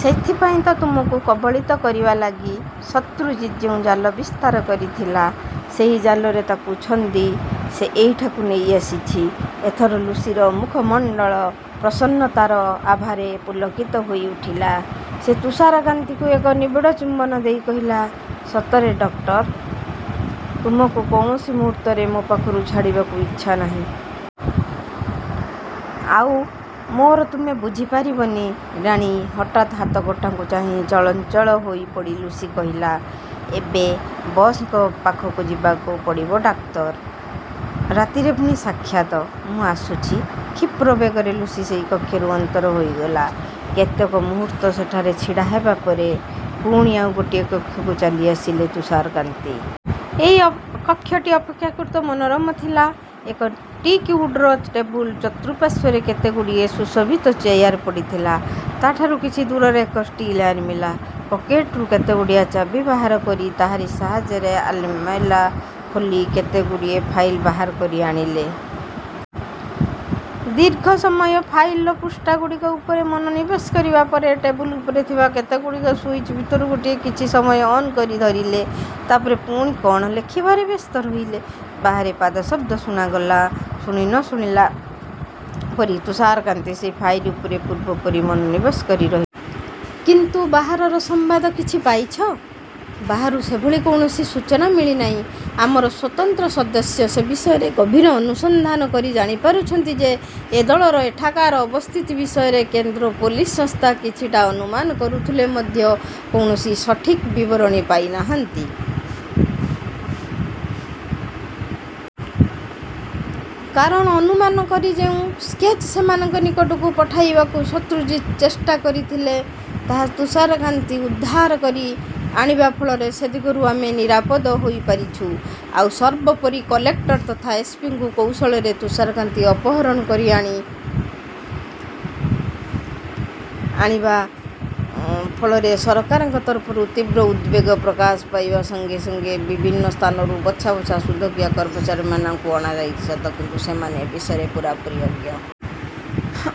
ସେଇଥିପାଇଁ ତ ତୁମକୁ କବଳିତ କରିବା ଲାଗି ଶତ୍ରୁଜିତ୍ ଯେଉଁ ଜାଲ ବିସ୍ତାର କରିଥିଲା, ସେହି ଜାଲରେ ତାକୁ ଛନ୍ଦି ସେ ଏହିଠାକୁ ନେଇ ଆସିଛି। ଏଥର ଲୁସିର ମୁଖମଣ୍ଡଳ ପ୍ରସନ୍ନତାର ଆଭାରେ ପୁଲକିତ ହୋଇଉଠିଲା। ସେ ତୁଷାରକାନ୍ତିଙ୍କୁ ଏକ ନିବିଡ଼ ଚୁମ୍ବନ ଦେଇ କହିଲା, ସତରେ ଡକ୍ଟର, ତୁମକୁ କୌଣସି ମୁହୂର୍ତ୍ତରେ ମୋ ପାଖରୁ ଛାଡ଼ିବାକୁ ଇଚ୍ଛା ନାହିଁ। ଆଉ ମୋର ତୁମେ ବୁଝିପାରିବନି ରାଣୀ ହଠାତ୍ ହାତଘଣ୍ଟାକୁ ଚାହିଁ ଚଞ୍ଚଳ ହୋଇପଡ଼ି ଲୁସି କହିଲା, ଏବେ ବସ୍‌ଙ୍କ ପାଖକୁ ଯିବାକୁ ପଡ଼ିବ ଡାକ୍ଟର। ରାତିରେ ପୁଣି ସାକ୍ଷାତ, ମୁଁ ଆସୁଛି। କ୍ଷିପ୍ର ବେଗରେ ଲୁସି ସେହି କକ୍ଷରୁ ଅନ୍ତର ହୋଇଗଲା। କେତେକ ମୁହୂର୍ତ୍ତ ସେଠାରେ ଛିଡ଼ା ହେବା ପରେ ପୁଣି ଆଉ ଗୋଟିଏ କକ୍ଷକୁ ଚାଲିଆସିଲେ ତୁଷାରକାନ୍ତି। ଏ କକ୍ଷଟି ଅପେକ୍ଷାକୃତ ମନୋରମ ଥିଲା। ଏକ ଟିକ୍ ଉଡ୍‌ର ଟେବୁଲ୍ ଚତୁଃପାର୍ଶ୍ୱରେ କେତେଗୁଡ଼ିଏ ସୁଶୋଭିତ ଚେୟାର ପଡ଼ିଥିଲା। ତା’ ଠାରୁ କିଛି ଦୂରରେ ଏକ ଷ୍ଟିଲ୍ ଆଲମିରା। ପକେଟ୍‌ରୁ କେତେଗୁଡ଼ିଏ ଚାବି ବାହାର କରି ତାହାରି ସାହାଯ୍ୟରେ ଆଲିମିଲା ଖୋଲି କେତେଗୁଡ଼ିଏ ଫାଇଲ୍ ବାହାର କରି ଆଣିଲେ। ଦୀର୍ଘ ସମୟ ଫାଇଲ୍‌ର ପୃଷ୍ଠାଗୁଡ଼ିକ ଉପରେ ମନୋନିବେଶ କରିବା ପରେ, ଟେବୁଲ୍ ଉପରେ ଥିବା କେତେଗୁଡ଼ିଏ ସୁଇଚ୍ ଭିତରୁ ଗୋଟିଏ କିଛି ସମୟ ଅନ୍ କରି ଧରିଲେ। ତା’ ପରେ ପୁଣି କ’ଣ ଲେଖିବାରେ ବ୍ୟସ୍ତ ରହିଲେ। ବାହାରେ ପାଦଶବ୍ଦ ଶୁଣାଗଲା। ଶୁଣି ନ ଶୁଣିଲା ପରି ତୁଷାରକାନ୍ତି ସେହି ଫାଇଲ୍ ଉପରେ ପୂର୍ବ ପରି ମନୋନିବେଶ କରି ରହି। କିନ୍ତୁ ବାହାରର ସମ୍ବାଦ କିଛି ପାଇଛ? ବାହାରୁ ସେଭଳି କୌଣସି ସୂଚନା ମିଳି ନାହିଁ। ଆମର ସ୍ୱତନ୍ତ୍ର ସଦସ୍ୟ ସେ ବିଷୟରେ ଗଭୀର ଅନୁସନ୍ଧାନ କରି ଜାଣିପାରିଛନ୍ତି ଯେ, ଏ ଦଳର ଏଠାକାର ଅବସ୍ଥିତି ବିଷୟରେ କେନ୍ଦ୍ର ପୋଲିସ ସଂସ୍ଥା କିଛିଟା ଅନୁମାନ କରୁଥିଲେ ମଧ୍ୟ କୌଣସି ସଠିକ୍ ବିବରଣୀ ପାଇ ନାହାନ୍ତି। କାରଣ ଅନୁମାନ କରି ଯେଉଁ ସ୍କେଚ୍ ସେମାନଙ୍କ ନିକଟକୁ ପଠାଇବାକୁ ଶତ୍ରୁଜିତ୍ ଚେଷ୍ଟା କରିଥିଲେ, ତାହା ତୁଷାରକାନ୍ତି ଉଦ୍ଧାର କରି ଆଣି ଆଣିବା ଫଳରେ ସେ ଦିଗରୁ ଆମେ ନିରାପଦ ହୋଇପାରିଛୁ। ଆଉ ସର୍ବୋପରି କଲେକ୍ଟର ତଥା ଏସ୍ ପି ଙ୍କୁ କୌଶଳରେ ତୁଷାରକାନ୍ତି ଅପହରଣ କରି ଆଣିବା ଫଳରେ ସରକାରଙ୍କ ତରଫରୁ ତୀବ୍ର ଉଦ୍‌ବେଗ ପ୍ରକାଶ ପାଇବା ସଙ୍ଗେ ସଙ୍ଗେ ବିଭିନ୍ନ ସ୍ଥାନରୁ ବଛା ବଛା ସୁଦକ୍ଷ କର୍ମଚାରୀମାନଙ୍କୁ ଅଣାଯାଇଛି ସତ, କିନ୍ତୁ ସେମାନେ ଏ ବିଷୟରେ ପୂରାପୂରି ଅଜ୍ଞ।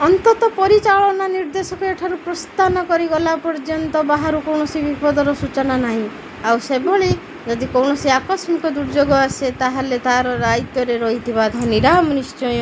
ଅନ୍ତତଃ ପରିଚାଳନା ନିର୍ଦ୍ଦେଶକ ଏଠାରୁ ପ୍ରସ୍ଥାନ କରି ଗଲା ପର୍ଯ୍ୟନ୍ତ ବାହାରୁ କୌଣସି ବିପଦର ସୂଚନା ନାହିଁ। ଆଉ ସେଭଳି ଯଦି କୌଣସି ଆକସ୍ମିକ ଦୁର୍ଯୋଗ ଆସେ, ତା’ ହେଲେ ତା’ର ଦାୟିତ୍ୱରେ ରହିଥିବା ଧନୀରାମ ନିଶ୍ଚୟ